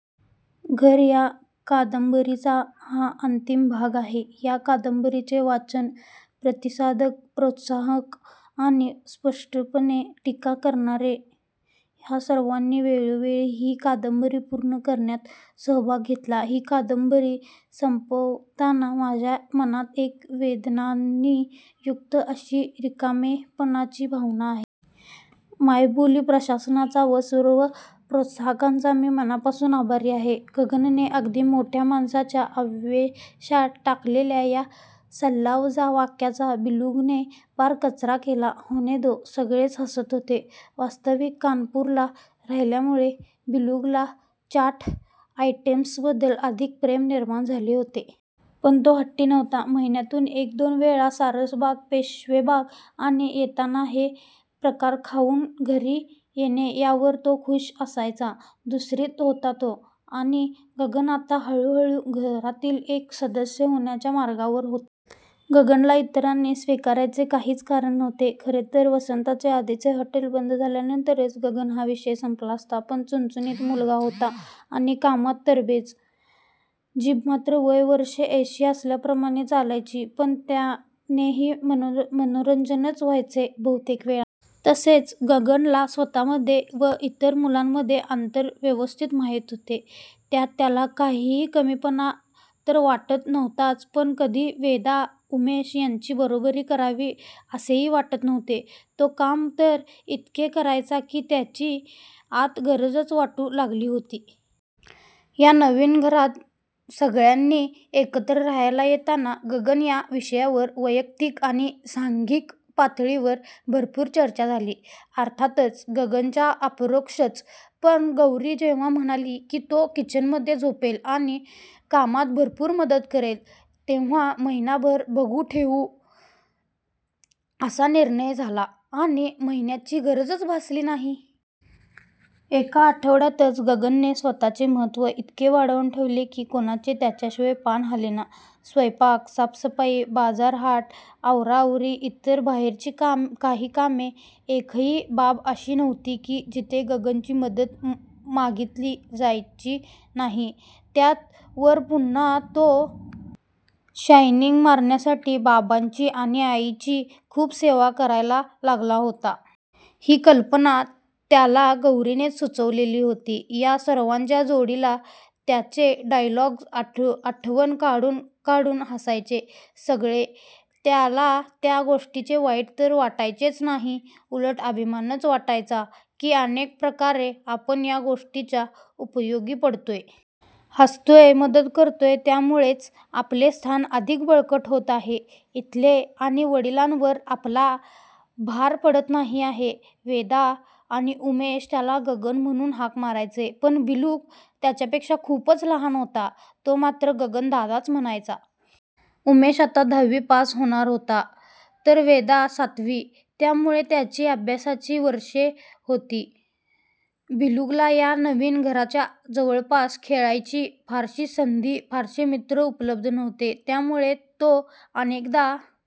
घर या कादंबरीचा हा अंतिम भाग आहे. या कादंबरीचे वाचक, प्रतिसादक, प्रोत्साहक आणि स्पष्टपणे टीका करणारे ह्या सर्वांनी वेळोवेळी ही कादंबरी पूर्ण करण्यात सहभाग घेतला. ही कादंबरी संपवताना माझ्या मनात एक वेदनांनी युक्त अशी रिकामेपणाची भावना आहे. मायबोली प्रशासनाचा व सर्व प्रोत्साहकांचा मी मनापासून आभारी आहे. गगनने अगदी मोठ्या माणसाच्या आवेशात टाकलेल्या या सल्लावजा वाक्याचा बिगुलने पार कचरा केला. होने दो! सगळेच हासत होते. वास्तविक कानपूरला राहिल्यामुळे बिगुलला चाट आयटेम्सबद्दल अधिक प्रेम निर्माण झालेले होते. पण तो हट्टी नव्हता. महिन्यातून एक दोन वेळा सारसबाग, पेशवेबाग आणि येताना हे प्रकार खाऊन घरी येणे यावर तो खुष असायचा. दुसरीत होता तो आणि गगन आता हळूहळू घरातील एक सदस्य होण्याच्या मार्गावर होता. गगनला इतरांनी स्वीकारायचे काहीच कारण नव्हते. खरे तर वसंताचे आधीचे हॉटेल बंद झाल्यानंतरच गगन हा विषय संपला असता. पण चुणचुणीत मुलगा होता आणि कामात तरबेज! जीभ मात्र वय वर्षे ऐंशी असल्याप्रमाणे चालायची. पण त्यानेही मनोरंजनच व्हायचे बहुतेकवेळा! तसेच, गगनला स्वतःमधले व इतर मुलांमधले अंतर व्यवस्थित माहीत होते. त्यात त्याला काहीही कमीपणा तर वाटत नव्हताच पण कधी वेदा, उमेश यांची बरोबरी करावी असेही वाटत नव्हते. तो काम तर इतके करायचा की त्याची आता गरजच वाटू लागली होती. या नवीन घरात सगळ्यांनी एकत्र राहायला येताना 'गगन' या विषयावर वैयक्तीक आणि सांघिक पातळीवर भरपूर चर्चा झाली. अर्थातच, गगनच्या अपरोक्षच! पण गौरी जेव्हा म्हणाली की तो किचनमध्ये झोपेल आणि कामात भरपूर मदत करेल तेव्हा 'महिनाभर बघू ठेवू' असा निर्णय झाला आणि महिन्याची गरजच भासली नाही. एका आठवड्यातच गगनने स्वतःचे महत्व इतके वाढवून ठेवले की कुणाचे त्याच्याशिवाय पान हालेना! स्वयंपाक, साफसफाई, बाजारहाट, आवराआवरी, इतर बाहेरची काही कामे, एकही बाब अशी नव्हती की जिथे गगनची मदत मागीतली जायची नाही. त्यात वर पुन्हा तो शायनिंग मारण्यासाठी बाबांची आणि आईंची खूप सेवा करायला लागला होता. ही कल्पना त्याला गौरीनेच सुचवलेली होती. या सर्वांच्या जोडीला त्याचे डायलॉग्ज आठवण काढून काढून हसायचे सगळे त्याला त्या गोष्टीचे वाईट तर वाटायचेच नाही, उलट अभिमानच वाटायचा की अनेक प्रकारे आपण या लोकांच्या उपयोगी पडतोय. हासवतोय, मदत करतोय! त्यामुळेच आपले स्थान अधिक बळकट होत आहे इथले आणि वडिलांवर आपला भार पडत नाही आहे. वेदा आणि उमेश त्याला गगन म्हणूनच हाक मारायचे. पण बिगुल त्याच्यापेक्षा खूपच लहान होता. तो मात्र गगनदादा म्हणायचा. उमेश आता दहावी पास होणार होता तर वेदा सातवी त्यामुळे त्यांची अभ्यासाची वर्षे होती. बिगुलला या नवीन घराच्या जवळपास खेळायची फारशी संधी, फारसे मित्र उपलब्ध नव्हते. त्यामुळे तो अनेकदा